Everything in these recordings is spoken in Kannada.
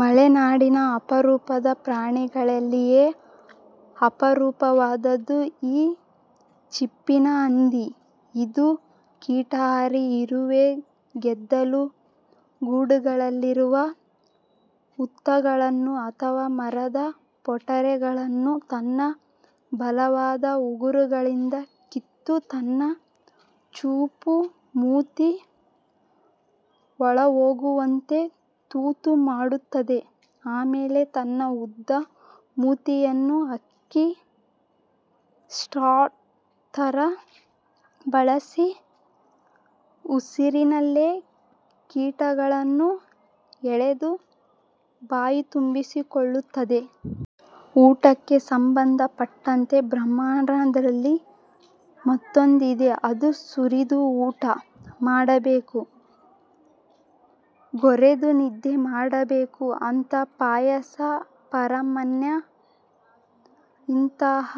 ಮಲೆನಾಡಿನ ಅಪರೂಪದ ಪ್ರಾಣಿಗಳಲ್ಲಿಯೇ ಅಪರೂಪವಾದದ್ದು ಈ ಚಿಪ್ಪಿನ ಹಂದಿ. ಇದು ಕೀಟಾಹಾರಿ. ಇರುವೆ, ಗೆದ್ದಲು ಗೂಡುಗಳಿರುವ ಹುತ್ತಗಳನ್ನು ಅಥವಾ ಮರದ ಪೊಟರೆಗಳನ್ನು ತನ್ನ ಬಲವಾದ ಉಗುರುಗಳಿಂದ ಕಿತ್ತು, ತನ್ನ ಚೂಪು ಮೂತಿ ಒಳಹೋಗುವಂತೆ ತೂತು ಮಾಡುತ್ತದೆ. ಆಮೇಲೆ ತನ್ನ ಉದ್ದ ಮೂತಿಯನ್ನು ಹಾಕಿ, ಸ್ಟ್ರಾ ತರ ಬಳಸಿ ಉಸಿರಿನಲ್ಲೇ ಕೀಟಗಳನ್ನು ಎಳೆದು ಬಾಯಿತುಂಬಿಸಿಕೊಳ್ಳುತ್ತದೆ. ಊಟಕ್ಕೆ ಸಂಬಂಧ ಪಟ್ಟಂತೆ ಬ್ರಾಹ್ಮಣರಲ್ಲಿ ಮಾತೊಂದಿದೆ. ಅದು 'ಸುರಿದು ಊಟ ಮಾಡಬೇಕು, ಗೊರೆದು ನಿದ್ದೆ ಮಾಡಬೇಕು' ಅಂಥ. ಪಾಯಸ ಪರಮಾನ್ನ ಇಂತಹ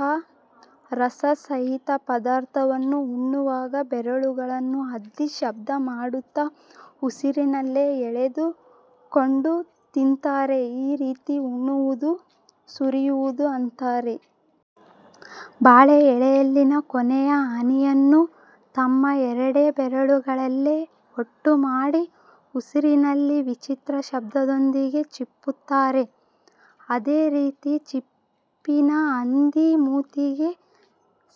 ರಸ ಸಹಿತ ಪದಾರ್ಥವನ್ನು ಉಣ್ಣುವಾಗ ಬೆರಳುಗಳನ್ನು ಅದ್ದಿ ಶಬ್ದ ಮಾಡುತ್ತಾ ಉಸಿರಿನಲ್ಲೇ ಎಳೆದು ಕೊಂಡು ತಿಂತಾರೆ. ಈ ರೀತಿ ಉಣ್ಣುವುದನ್ನು ಸುರಿಯುವುದು ಅಂತಾರೆ. ಬಾಳೆ ಎಲೆಯಲ್ಲಿನ ಕೊನೆಯ ಹನಿಯನ್ನೂ ತಮ್ಮ ಎರಡೇ ಬೆರಳುಗಳಲ್ಲೆ ಒಟ್ಟು ಮಾಡಿ ಉಸಿರಿನಲ್ಲಿ ವಿಚಿತ್ರ ಶಬ್ದದೊಂದಿಗೆ ಚೀಪುತ್ತಾರೆ. ಅದೇ ರೀತಿ ಚಿಪ್ಪಿನ ಹಂದಿ ಮೂತಿಗೆ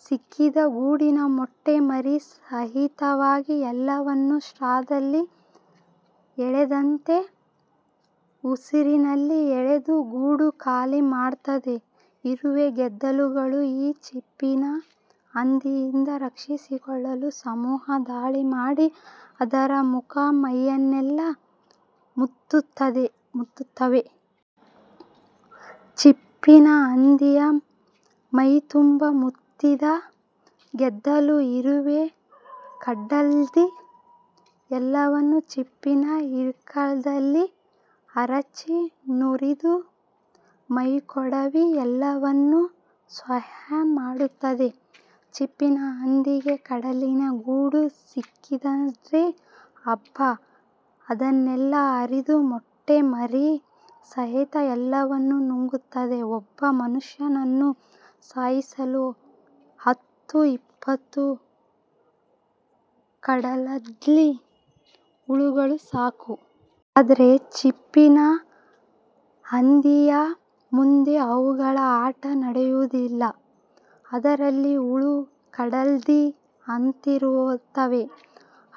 ಸಿಕ್ಕಿದ ಗೂಡಿನ ಮೊಟ್ಟೆ ಮರಿ ಸಹಿತವಾಗಿ ಎಲ್ಲವನ್ನೂ ಸ್ಟ್ರಾದಲ್ಲಿ ಎಳೆದಂತೆ, ಉಸಿರಿನಲ್ಲಿ ಎಳೆದು ಗೂಡು ಖಾಲಿ ಮಾಡ್ತದೆ. ಇರುವೆ ಗೆದ್ದಲುಗಳು ಈ ಚಿಪ್ಪಿನ ಹಂದಿಯಿಂದ ರಕ್ಷಿಸಿಕೊಳ್ಳಲು ಸಮೂಹ ದಾಳಿ ಮಾಡಿ, ಅದರ ಮುಖ ಮೈಯನ್ನೆಲ್ಲಾ ಮುತ್ತುತ್ತವೆ. ಚಿಪ್ಪಿನ ಹಂದಿ ಮೈತುಂಬಾ ಮುತ್ತಿದ ಗೆದ್ದಲು, ಇರುವೆ, ಕಡದ್ಲಿ ಎಲ್ಲವನ್ನು ಚಿಪ್ಪಿನ ಇಕ್ಕಳದಲ್ಲಿ ಅರಚಿ, ನುರಿದು ಮೈಕೊಡವಿ ಎಲ್ಲವನ್ನು 'ಸ್ವಾಹಾ' ಮಾಡುತ್ತದೆ. ಚಿಪ್ಪಿನ ಹಂದಿಗೆ ಕಡದ್ಲಿಯ ಗೂಡು ಸಿಕ್ಕಿದರೆ ಹಬ್ಬ. ಅದನ್ನೆಲ್ಲಾ ಹರಿದು ಮೊಟ್ಟೆ ಮರಿ ಸಹಿತ ಎಲ್ಲವನ್ನು ನುಂಗುತ್ತದೆ. ಒಬ್ಬ ಮನುಷ್ಯನನ್ನು ಸಾಯಿಸಲು ಹತ್ತು-ಇಪ್ಪತ್ತು ಕಡದ್ಲಿ ಹುಳಗಳು ಸಾಕು. ಆದ್ರೆ ಚಿಪ್ಪಿನ ಹಂದಿಯ ಮುಂದೆ ಅವುಗಳ ಆಟ ನಡೆಯುವುದಿಲ್ಲ. ಅದರಲ್ಲಿ ಹುಲಿ ಕಡದ್ಲಿ ಅಂತಿರುತ್ತವೆ.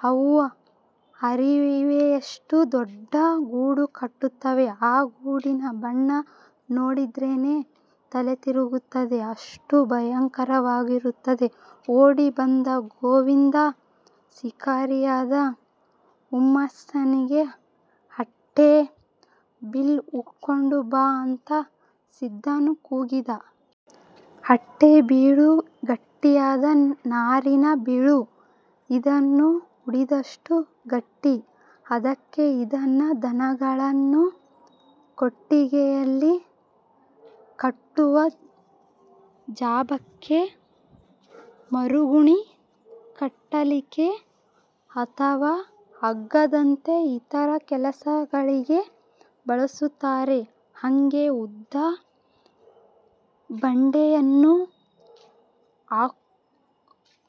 ಅವು ಹರಿವೆಯಷ್ಟು ದೊಡ್ಡ ಗೂಡು ಕಟ್ಟುತ್ತವೆ. ಆ ಗೂಡಿನ ಬಣ್ಣ ನೋಡಿದ್ರೆನೇ ತಲೆತಿರುಗುತ್ತದೆ. ಅಷ್ಟು ಭಯಂಕರವಾಗಿರುತ್ತದೆ. ಓಡಿ ಬಂದ ಗೋವಿಂದ ಶಿಕಾರಿಯಾದ ಹುಮ್ಮಸ್ಸಲ್ಲಿ ಅಟ್ಟೆ ಬೀಳ್ ಉಕ್ಕೋಂಡು ಬಾ ಅಂತ ಸಿದ್ದನ್ ಕೂಗಿದ. ಅಟ್ಟೆ ಬೀಳು ಗಟ್ಟಿಯಾದ ನಾರಿನ ಬೀಳು. ಅದನ್ನು ಉಡಿದಷ್ಟು ಗಟ್ಟಿ. ಅದಕ್ಕೆ ಅದನ್ನ ದನಗಳನ್ನು ಕೊಟ್ಟಿಗೆಯಲ್ಲಿ ಕಟ್ಟುವ ಜಾಬಕ್ಕೆ, ಮರುಗುಣಿ ಕಟ್ಟಲಿಕ್ಕೆ ಅಥವಾ ಹಗ್ಗದಂತೆ ಇತರ ಕೆಲಸಗಳಿಗೆ ಬಳಸುತ್ತಾರೆ. ಹಂಗೆ ಉದ್ದ ಬಡಿಗೆಯನ್ನೂ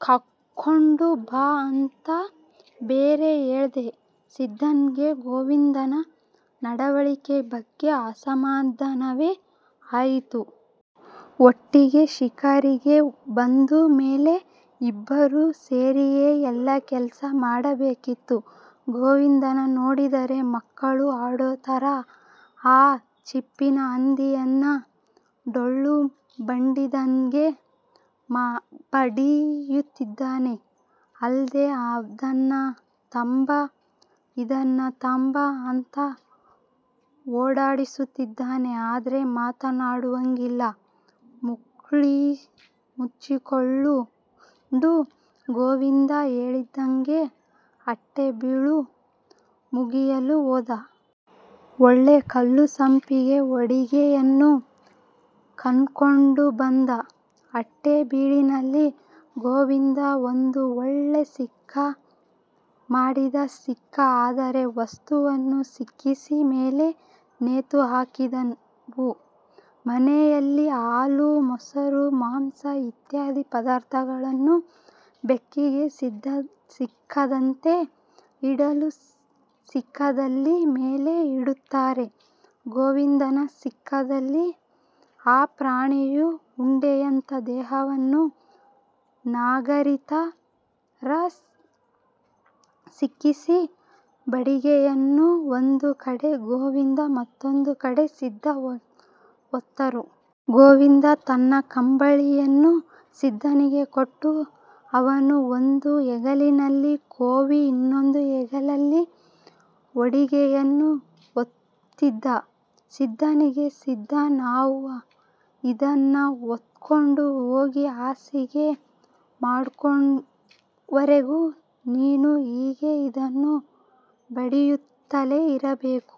ಕಡ್ಕೊಂಡು ಬಾ ಅಂತ ಬೇರೆ ಹೇಳ್ದ. ಸಿದ್ದಂಗೆ ಗೋವಿಂದನ ನಡವಳಿಕೆ ಬಗ್ಗೆ ಅಸಮಧಾನವೇ ಆಯ್ತು. ಒಟ್ಟಿಗೆ ಶಿಕಾರಿಗೆ ಬಂದ್ ಮೇಲೆ ಇಬ್ಬರು ಸೇರಿಯೇ ಎಲ್ಲಾ ಕೆಲ್ಸ ಮಾಡಬೇಕಿತ್ತು. ಗೋವಿಂದನ್ನ ನೋಡಿದ್ರೆ ಮಕ್ಕಳು ಆಡೋತರ ಆ ಚಿಪ್ಪಿನ ಹಂದಿಯನ್ನ ಡೋಲು ಬಡಿದಂಗೆ ಬಡಿಯುತ್ತಿದ್ದಾನೆ. ಅಲ್ದೆ ಅದನ್ ತಾಂಬ, ಇದನ್ ತಾಂಬ ಅಂತ ಓಡಾಡಿಸುತ್ತಿದ್ದಾನೆ. ಆದ್ರೆ ಮಾತಾಡುವಂಗಿಲ್ಲ. ಮುಕ್ಳಿಮುಚ್ಚಿಕೊಂಡು ಗೋವಿಂದ ಹೇಳ್ದಂಗೆ, ಅಟ್ಟೆಬೀಳು ಉಗಿಯಲು ಹೋದ. ಒಳ್ಳೆ ಕಲ್ಲುಸಂಪಿಗೆ ಬಡಿಗೆಯನ್ನು ಕಡ್ಕೊಂಡು ಬಂದ. ಅಟ್ಟೆ ಬೀಳಿನಲ್ಲಿ ಗೋವಿಂದ ಒಂದು ಒಳ್ಳೆ ಸಿಕ್ಕ ಮಾಡಿದ ಸಿಕ್ಕ ಅಂದರೆ, ವಸ್ತುವನ್ನು ಸಿಕ್ಕಿಸಿ ಮೇಲೆ ನೇತುಹಾಕುವುದು. ಮನೆಯಲ್ಲಿ ಹಾಲು ಮೊಸರು ಮಾಂಸ ಇತ್ಯಾದಿ ಪದಾರ್ಥಗಳನ್ನು ಬೆಕ್ಕಿಗೆ ಸಿಕ್ಕದಂತೆ ಇಡಲು ಸಿಕ್ಕದಲ್ಲಿ ಮೇಲೆ ಇಡುತ್ತಾರೆ. ಗೋವಿಂದನ ಸಿಕ್ಕದಲ್ಲಿ ಆ ಪ್ರಾಣಿಯ ಉಂಡೆಯಂತ ದೇಹವನ್ನು ನಗಾರಿತರ ಸಿಕ್ಕಿಸಿ, ಬಡಿಗೆಯನ್ನು ಒಂದು ಕಡೆ ಗೋವಿಂದ ಮತ್ತೊಂದು ಕಡೆ ಸಿದ್ದ ಹೊತ್ತರು. ಗೋವಿಂದ ತನ್ನ ಕಂಬ್ಳಿಯನ್ನು ಸಿದ್ದನಿಗೆ ಕೊಟ್ಟು, ಅವನು ಒಂದು ಹೆಗಲಲ್ಲಿ ಕೋವಿ, ಇನ್ನೊಂದು ಹೆಗಲಲ್ಲಿ ಬಡಿಗೆಯನ್ನು ಹೊತ್ತಿದ್ದ. ಸಿದ್ದನಿಗೆ, 'ಸಿದ್ದಾ ನಾವು ಇದನ್ನ ಹೊತ್ಕೊಂಡು ಹೋಗಿ ಹಸಿಗೆ ಮಾಡುವರೆಗೂ ನೀನು ಹೀಗೇ ಇದನ್ನು ಬಡಿಯುತ್ತಲೇ ಇರಬೇಕು.